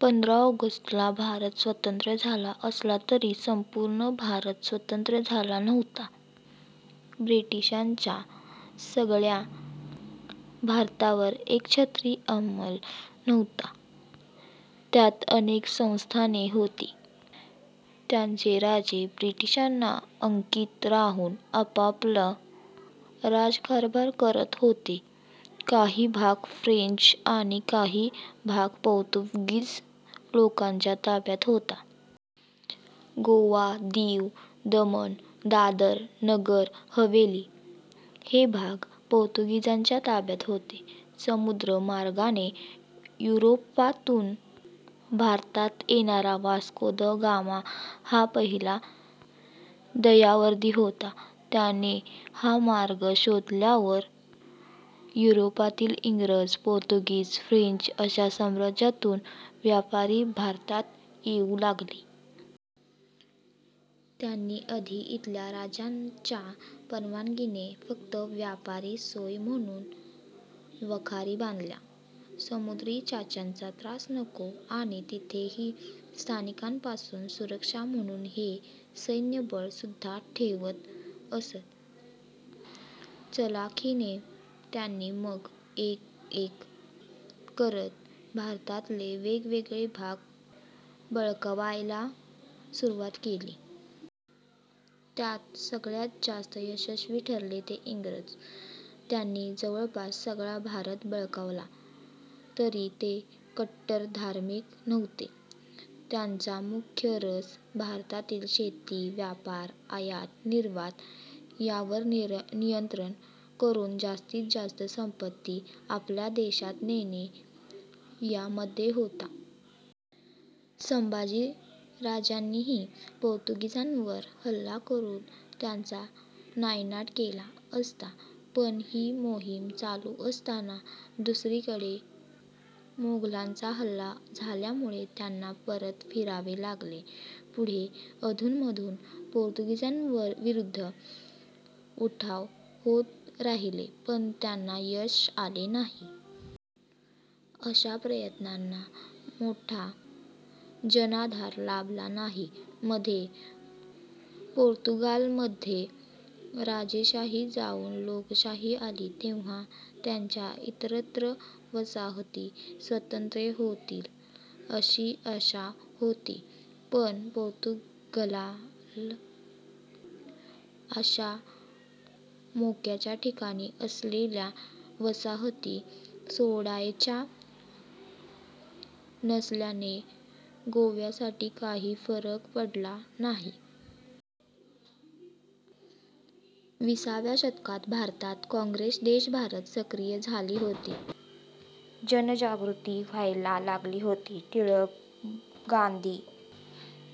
पंधरा ऑगस्ट ला भारत स्वतंत्र झाला असला तरी संपुर्ण भारत स्वतंत्र झाला नव्हता. ब्रिटिशांचा सगळ्या भारतावर एकछत्री अंमल नव्हता. त्यात अनेक संस्थाने होती, त्यांचे राजे ब्रिटिशांना अंकित राहुन आपापला राज्यकारभार करत होते. काही भाग फ्रेंच आणि काही भाग पोर्तुगीज लोकांच्या ताब्यात होता. गोवा, दीव, दमण, दादरा, नगर हवेली हे भाग पोर्तुगीजांच्या ताब्यात होते. समुद्र मार्गाने युरोपातुन भारतात येणारा वास्को द गामा हा पहिला दर्यावर्दी होता. त्याने हा मार्ग शोधल्यावर युरोपातील इंग्रज, पोर्तुगीज, फ्रेंच अशा साम्रज्यातून व्यापारी भारतात येऊ लागले. त्यांनी आधी इथल्या राजांच्या परवानगीने फक्त व्यापाराची सोय म्हणुन वखारी बांधल्या. समुद्री चाच्यांचा त्रास नको, आणि इथेही स्थानिकांपासुन सुरक्षा म्हणुन ते सैन्यबळ सुद्धा ठेवत असत. चलाखीने त्यांनी मग एक एक करत भारतातले वेगवेगळे भाग बळकावायला सुरुवात केली. यात सगळ्यात जास्त यशस्वी ठरले ते इंग्रज. त्यांनी जवळपास सगळा भारत बळकावला तरी ते कट्टर धार्मिक नव्हते. त्यांचा मुख्य रस भारतातील शेती, व्यापार, आयात निर्यात यावर नियंत्रण करून जास्तीत जास्त संपत्ती आपल्या देशात नेणे यामध्ये होता. संभाजी राजांनीही पोर्तुगीजांवर हल्ला करून त्यांचा नायनाट केला असता पण हि मोहीम चालू असताना दुसरीकडे मोगलांचा हल्ला झाल्यामुळे त्यांना परत फिरावे लागले. पुढे अधून मधून पोर्तुगीजांविरुद्ध उठाव होत राहिले पण त्यांना यश आले नाही. अशा प्रयत्नांना मोठा जनाधार लाभला नाही. मध्ये पोर्तुगालमध्ये राजेशाही जाऊन लोकशाही आली तेव्हा त्यांच्या इतरत्र वसाहती स्वतंत्र होतील अशी आशा होती, पण पोर्तुगालला अशा मोक्याच्या ठिकाणी असलेल्या वसाहती सोडायच्या नसल्याने गोव्यासाठी काही फरक पडला नाही. विसाव्या शतकात भारतात काँग्रेस देशभरात सक्रिय झाली होती. जनजागृती व्हायला लागली होती. टिळक, गांधी,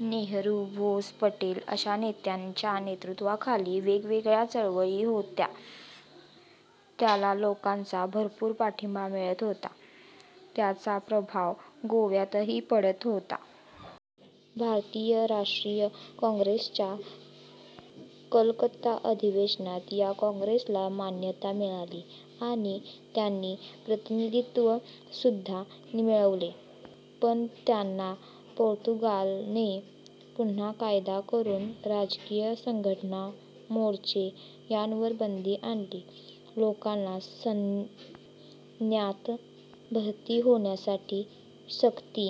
नेहरू, बोस, पटेल अशा नेत्यांच्या नेतृत्वाखाली वेगवेगळ्या चळवळी होत होत्या त्याला लोकांचा भरपुर पाठिंबा मिळत होता. त्याचा प्रभाव गोव्यातही पडत होता. भारतीय राष्ट्रीय काँग्रेसच्या कलकत्ता अधिवेशनात या काँग्रेसला मान्यता मिळाली आणि त्यांना प्रतिनिधित्व सुद्धा मिळाले. पण त्यानंतर पोर्तुगालने पुन्हा कायदा करून राजकीय संघटना, मोर्चे यावर बंदी आणली. लोकांना सैन्यात भरती होण्यासाठी सक्ती